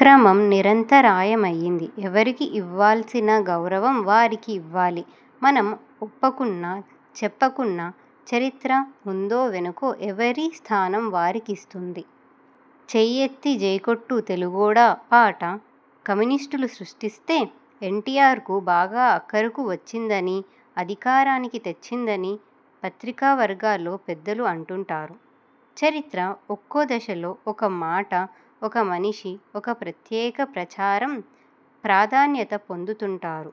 క్రమం నిరంతరాయమైంది. ఎవరికి ఇవ్వాల్సిన గౌరవం వారికి ఇవ్వాలి. మనం ఒప్పకున్నా చెప్పకున్నా చరిత్ర ముందో వెనకో ఎవరి స్థానం వారికిస్తుంది. చెయ్యెత్తి జైకొట్టు తెలుగోడా పాట కమ్యూనిస్టులు సృష్టిస్తే ఎన్టీఆర్కు బాగా అక్కరకు వచ్చిందని అధికారానికి తెచ్చిందని పత్రికా వర్గాల్లో పెద్దలు అంటుంటారు. చరిత్ర ఒక్కో దశలో ఒక మాట ఒక మనిషి ఒక ప్రత్యేక ప్రచారం ప్రాధాన్యత పొందుతుంటారు.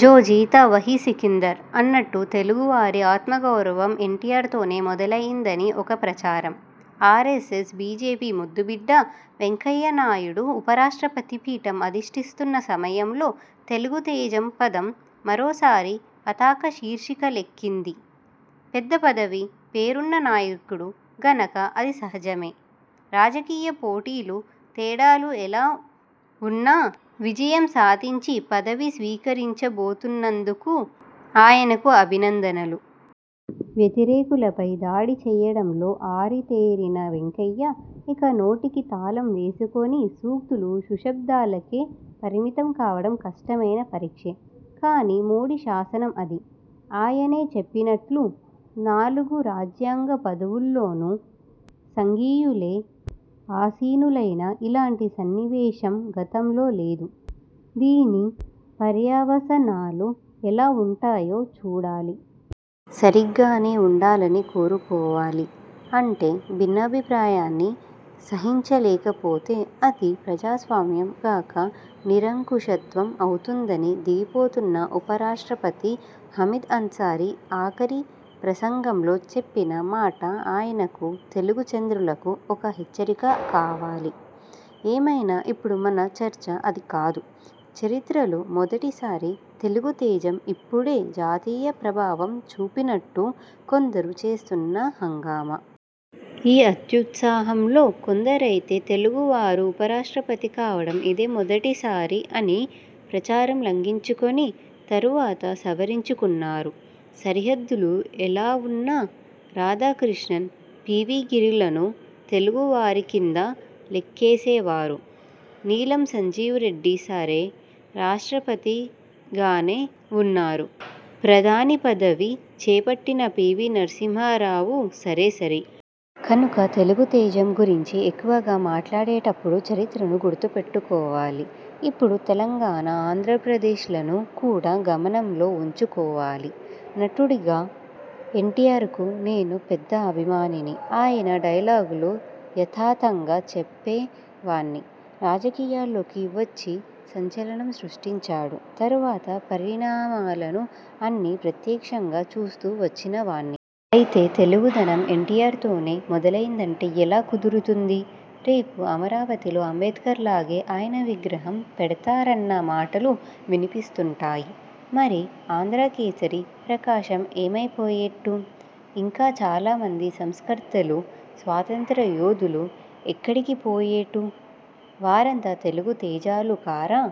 'జో జీతా వొహీ సికిందర్' అన్నట్టు తెలుగువారి ఆత్మగౌరవం ఎన్టీఆర్ తోనే మొదలైందని ఒక ప్రచారం. ఆరెస్సెస్ బీజేపీ ముద్దుబిడ్డ వెంకయ్య నాయుడు ఉపరాష్ట్రపతి పీఠం అధిష్టిస్తున్న సమయంలో తెలుగుతేజం పదం మరోసారి పతాక శీర్షికలకెక్కింది. పెద్ద పదవి, పేరున్న నాయకుడు గనక అది సహజమే. రాజకీయ పోటీలు తేడాలు ఎలా వున్నా విజయం సాధించి పదవి స్వీకరించబోతున్నందుకు ఆయనకు అభినందనలు. వ్యతిరేకులపై దాడి చేయడంలో ఆరితేరిన వెంకయ్య ఇక నోటికి తాళం వేసుకుని సూక్తులు సుశబ్దాలకే పరిమితం కావడం కష్టమైన పరీక్షే. కాని మోదీ శాసనం అది. ఆయనే చెప్పినట్టు నాలుగు రాజ్యాంగ పదవుల్లోనూ సంఘీయులే ఆసీనులైన ఇలాంటి సన్నివేశం గతంలో లేదు. దీని పర్యవసానాలు ఎలా వుంటాయో చూడాలి. సరిగానే వుండాలని కోరుకోవాలి. అంటే భిన్నాభిప్రాయాన్ని సహించలేకపోతే అది ప్రజాస్వామ్యం గాక నిరంకుశత్వం అవుతుందని దిగిపోతున్న ఉపరాష్ట్రపతి హమీద్ అన్సారీ ఆఖరి ప్రసంగంలో చెప్పిన మాట ఆయనకూ తెలుగు చంద్రులకూ ఒక హెచ్చరిక కావాలి. ఏమైనా ఇప్పుడు మన చర్చ అది కాదు. చరిత్రలో మొదటి సారి తెలుగుతేజం ఇప్పుడే జాతీయ ప్రభావం చూపినట్టు కొందరు చేస్తున్న హంగామా. ఈ అత్యుత్సాహంలో కొందరైతే తెలుగువారు ఉపరాష్ట్రపతి కావడం ఇదే మొదటి సారి అని ప్రచారం లంకించుకుని తర్వాత సవరించుకున్నారు. సరిహద్దులు ఎలావున్నా రాధాకృష్ణన్, వి. వి. గిరిలను తెలుగువారి కింద లెక్కేసేవారు. నీలం సంజీవ రెడ్డి సరే రాష్ట్రపతిగానే వున్నారు. ప్రధాని పదవి చేపట్టిన పివి నరసింహారావు సరేసరి. కనుక తెలుగుతేజం గురించి ఎక్కువగా మాట్లాడేటప్పుడు చరిత్రను గుర్తుపెట్టుకోవాలి. ఇప్పుడు తెలంగాణ ఆంధ్రప్రదేశ్లను కూడా గమనంలో వుంచుకోవాలి. నటుడుగా ఎన్టీఆర్కు నేను పెద్ద అభిమానిని. ఆయన డైలాగులు యథాతంగా చెప్పేవాణ్ని. రాజకీయాల్లోకి వచ్చి సంచలనం సృష్టించడం, తర్వాత పరిణామాలు అన్నీ ప్రత్యక్షంగా చూస్తూ వచ్చిన వాణ్ని. అయితే తెలుగుదనం ఎన్టీఆర్తోనే మొదలైందంటే ఎలా కుదురుతుంది? రేపు అమరావతిలో అంబేడ్కర్లాగే ఆయన విగ్రహం పెడతారన్న మాటలు వినిపిస్తుంటాయి. మరి ఆంధ్రకేసరి ప్రకాశం ఏమైపోయేట్టు? ఇంకా చాలామంది సంస్కర్తలు స్వాత్రంత్య యోధులు ఎక్కడికిపోయేట్టు? వారంతా తెలుగుతేజాలు కారా?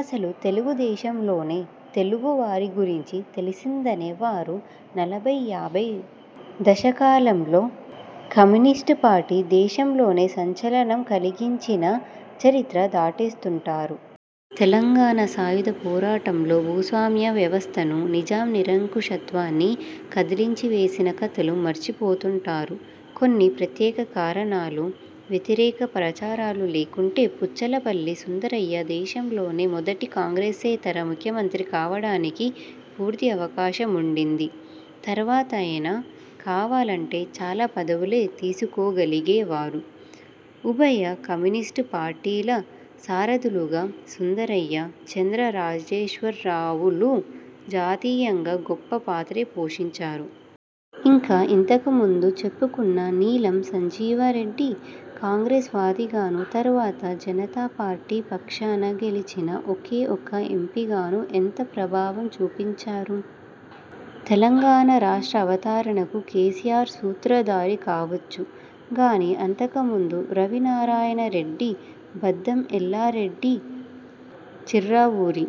అసలు తెలుగుదేశంలోనే తెలుగువారి గురించి తెలిసిందనే వారు నలభై యాభై దశకాలంలో కమ్యూనిస్టుపార్టీ దేశంలోనే సంచలనం కలిగించిన చరిత్ర దాటేస్తుంటారు. తెలంగాణ సాయుధ పోరాటంలో భూస్వామ్య వ్యవస్థను నిజాం నిరంకుశత్వాన్ని కదిలించివేసిన కథలు మర్చిపోతుంటారు. కొన్ని ప్రత్యేక కారణాలు, వ్యతిరేక ప్రచారాలు లేకుంటే పుచ్చలపల్లి సుందరయ్య దేశంలోనే మొదటి కాంగ్రెసేతర ముఖ్యమంత్రి కావడానికి పూర్తి అవకాశముండింది. తర్వాతైనా కావాలంటే చాలా పదవులే తీసుకోగలిగేవారు. ఉభయ కమ్యూనిస్టు పార్టీల సారథులుగా సుందరయ్య, చండ్ర రాజేశ్వరరావులు జాతీయంగా గొప్ప పాత్రే పోషించారు. ఇక ఇంతకుముందు చెప్పుకున్న నీలం సంజీవ రెడ్డి కాంగ్రెస్వాదిగానూ తర్వాత జనతా పార్టీ పక్షాన గెలిచిన ఒకే ఒక ఎంపిగానూ ఎంత ప్రభావం చూపించారు? తెలంగాణ రాష్ట్రావతరణకు కేసీఆర్ సూత్రధారి కావచ్చు గాని అంతకుమందు రావి నారాయణ రెడ్డి, బద్దం ఎల్లారెడ్డి, చిర్రావూరి